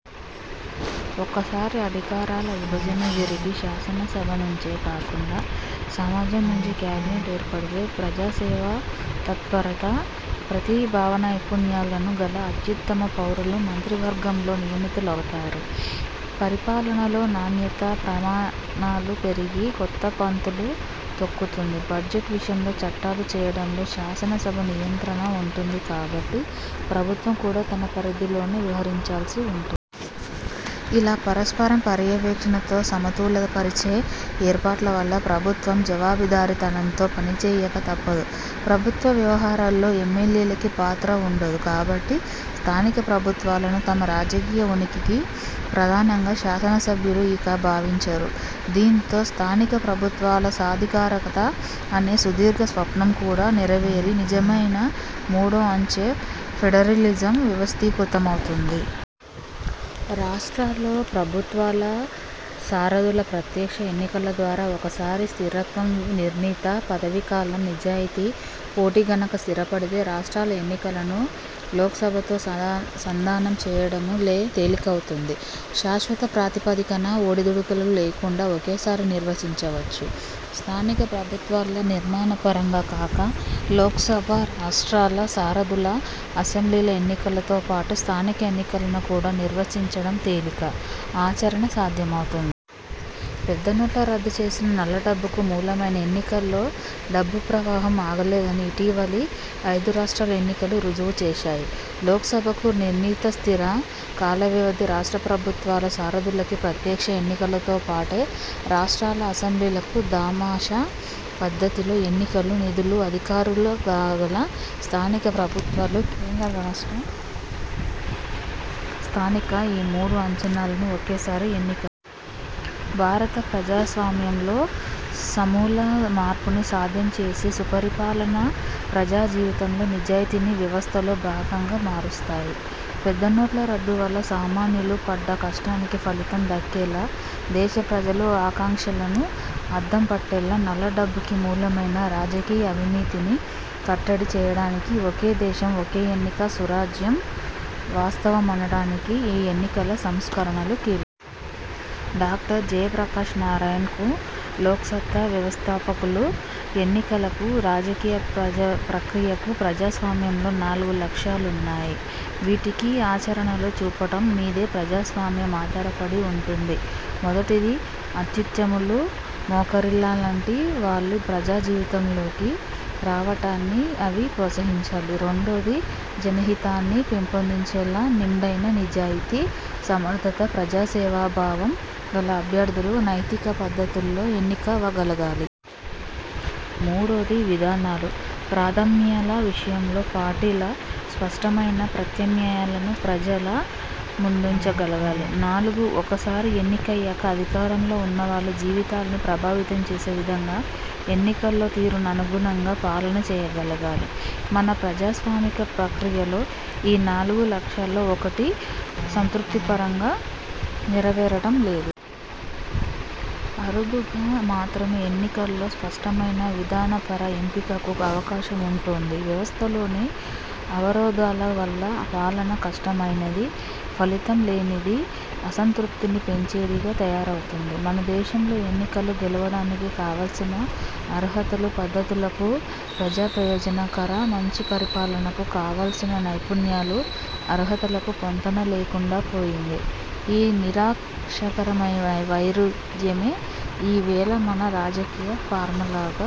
ఒక్కసారి అధికారాల విభజన జరిగి, శాసనసభ నుంచే కాకుండా సమాజం నుంచి కేబినెట్ ఏర్పడితే.. ప్రజాసేవాతత్పరత, ప్రతిభానైపుణ్యాలు గల అత్యుత్తమ పౌరులు మంత్రివర్గంలో నియమితులవుతారు. పరిపాలనలో నాణ్యతా ప్రమాణాలు పెరిగి కొత్త పుంతలు తొక్కుతుంది. బడ్జెట్ విషయంలో, చట్టాలు చేయటంలో శాసనసభ నియంత్రణ ఉంటుంది కాబట్టి ప్రభుత్వం కూడా తన పరిధుల్లోనే వ్యవహరించాల్సి ఉంటుంది. ఇలా పరస్పర పర్యవేక్షణతో సమతులపరిచే ఏర్పాట్ల వల్ల ప్రభుత్వం జవాబుదారీతనంతో పనిచేయక తప్పదు. ప్రభుత్వ వ్యవహారాల్లో ఎమ్మెల్యేకి పాత్ర ఉండదు కాబట్టి, స్థానిక ప్రభుత్వాలను తమ రాజకీయ ఉనికికి ప్రమాదంగా శాసనసభ్యులు ఇక భావించరు. దీంతో స్థానికప్రభుత్వాల సాధికారత అనే సుదీర్ఘ స్వప్నం కూడా నెరవేరి నిజమైన మూడో అంచె ఫెడరలిజం వ్యవస్థీకృతమవుతుంది. రాష్ట్రాల్లో ప్రభుత్వాల సారథుల ప్రత్యక్ష ఎన్నిక ద్వారా ఒక్కసారి స్థిరత్వం, నిర్ణీత పదవీకాలం, నిజాయతీ, పోటీ గనక స్థిరపడితే.. రాష్ట్రాల ఎన్నికలను లోక్సభతో సంధానం చేయటం తేలికవుతుంది. శాశ్వత ప్రాతిపదికన, ఒడిదుడుకులు లేకుండా ఒకేసారి నిర్వహించవచ్చు. స్థానిక ప్రభుత్వాల నిర్మాణపరంగా కాక లోక్సభ, రాష్ట్రాల సారథులు, అసెంబ్లీల ఎన్నికలతో పాటు స్థానిక ఎన్నికలను కూడా నిర్వహించటం తేలిక, ఆచరణ సాధ్యమవుతాయి. పెద్ద నోట్లు రద్దు చేసినా నల్లడబ్బుకు మూలమైన ఎన్నికల్లో డబ్బు ప్రవాహం ఆగలేదని ఇటీవలి ఐదు రాష్ట్రాల ఎన్నికలు రుజువు చేశాయి. లోక్సభకు నిర్ణీత స్థిర కాలవ్యవధి, రాష్ట్ర ప్రభుత్వాల సారథులకి ప్రత్యక్ష ఎన్నికతోపాటే రాష్ట్రాల అసెంబ్లీలకు దామాషా పద్ధతిలో ఎన్నికలు, నిధులు, అధికారాలుగల స్థానిక ప్రభుత్వాలు, కేంద్ర – రాష్ట్ర – స్థానిక ఈ మూడు అంచెల్లోనూ ఒకేసారి ఎన్నికలు.. భారత ప్రజాస్వామ్యంలో సమూల మార్పుని సాధ్యం చేసి సుపరిపాలన, ప్రజాజీవితంలో నిజాయితీని వ్యవస్థలో భాగంగా మారుస్తాయి. పెద్ద నోట్ల రద్దువల్ల సామాన్యులు పడ్డ కష్టానికి ఫలితం దక్కేలా, దేశ ప్రజల ఆకాంక్షలకు అద్దం పట్టేలా నల్లడబ్బుకి మూలమైన రాజకీయ అవినీతిని కట్టడి చేయటానికి, 'ఒకే దేశం ఒకే ఎన్నిక సురాజ్యం' వాస్తవమవటానికి ఈ ఎన్నికల సంస్కరణలు కీలకం. డాక్టర్ జయప్రకాష్ నారాయణ్ లోక్సత్తా వ్యవస్థాపకులు ఎన్నికలకు, రాజకీయ ప్రక్రియకు ప్రజాస్వామ్యంలో నాలుగు లక్ష్యాలున్నాయి. వీటిని ఆచరణలో చూపటం మీదే ప్రజాస్వామ్యం ఆధారపడి వుంటుంది. మొదటిది, అత్యుత్తములు, మెరికల్లాంటి వాళ్లు ప్రజాజీవితంలోకి రావటాన్ని అవి ప్రోత్సహించాలి. రెండోది, జనహితాన్ని పెంపొందించేలా నిండైన నిజాయతీ, సమర్థత, ప్రజాసేవాభావం గల అభ్యర్థులు నైతిక పద్ధతుల్లో ఎన్నికవగలగాలి. మూడోది, విధానాలు, ప్రాధామ్యాల విషయంలో పార్టీలు స్పష్టమైన ప్రత్యామ్నాయాలను ప్రజల ముందుంచగలగాలి. నాలుగు, ఒక్కసారి ఎన్నికయ్యాక అధికారంలో ఉన్నవాళ్లు జనజీవితాల్ని ప్రభావితం చేసే విధంగా, ఎన్నికల్లో తీర్పునకు అనుగుణంగా పాలన చేయగలగాలి. మన ప్రజాస్వామిక ప్రక్రియలో ఈ నాలుగు లక్ష్యాల్లో ఏ ఒక్కటీ సంతృప్తికరంగా నెరవేరటం లేదు. అరుదుగా మాత్రమే ఎన్నికల్లో స్పష్టమైన విధానపర ఎంపికకు అవకాశం ఉంటోంది. వ్యవస్థలోని అవరోధాల వల్ల పాలన కష్టమైనది, ఫలితం లేనిది, అసంతృప్తిని పెంచేదిగా తయారవుతున్నది. మనదేశంలో ఎన్నికల్లో గెలవటానికి కావలసిన అర్హతలు, పద్ధతులకు– ప్రజా ప్రయోజనకర మంచి పరిపాలనకు కావలసిన నైపుణ్యాలు, అర్హతలకు పొంతన లేకుండా పోయింది. ఈ వినాశకర వైరుధ్యమే ఈవేళ మన రాజకీయ ఫార్ములాగా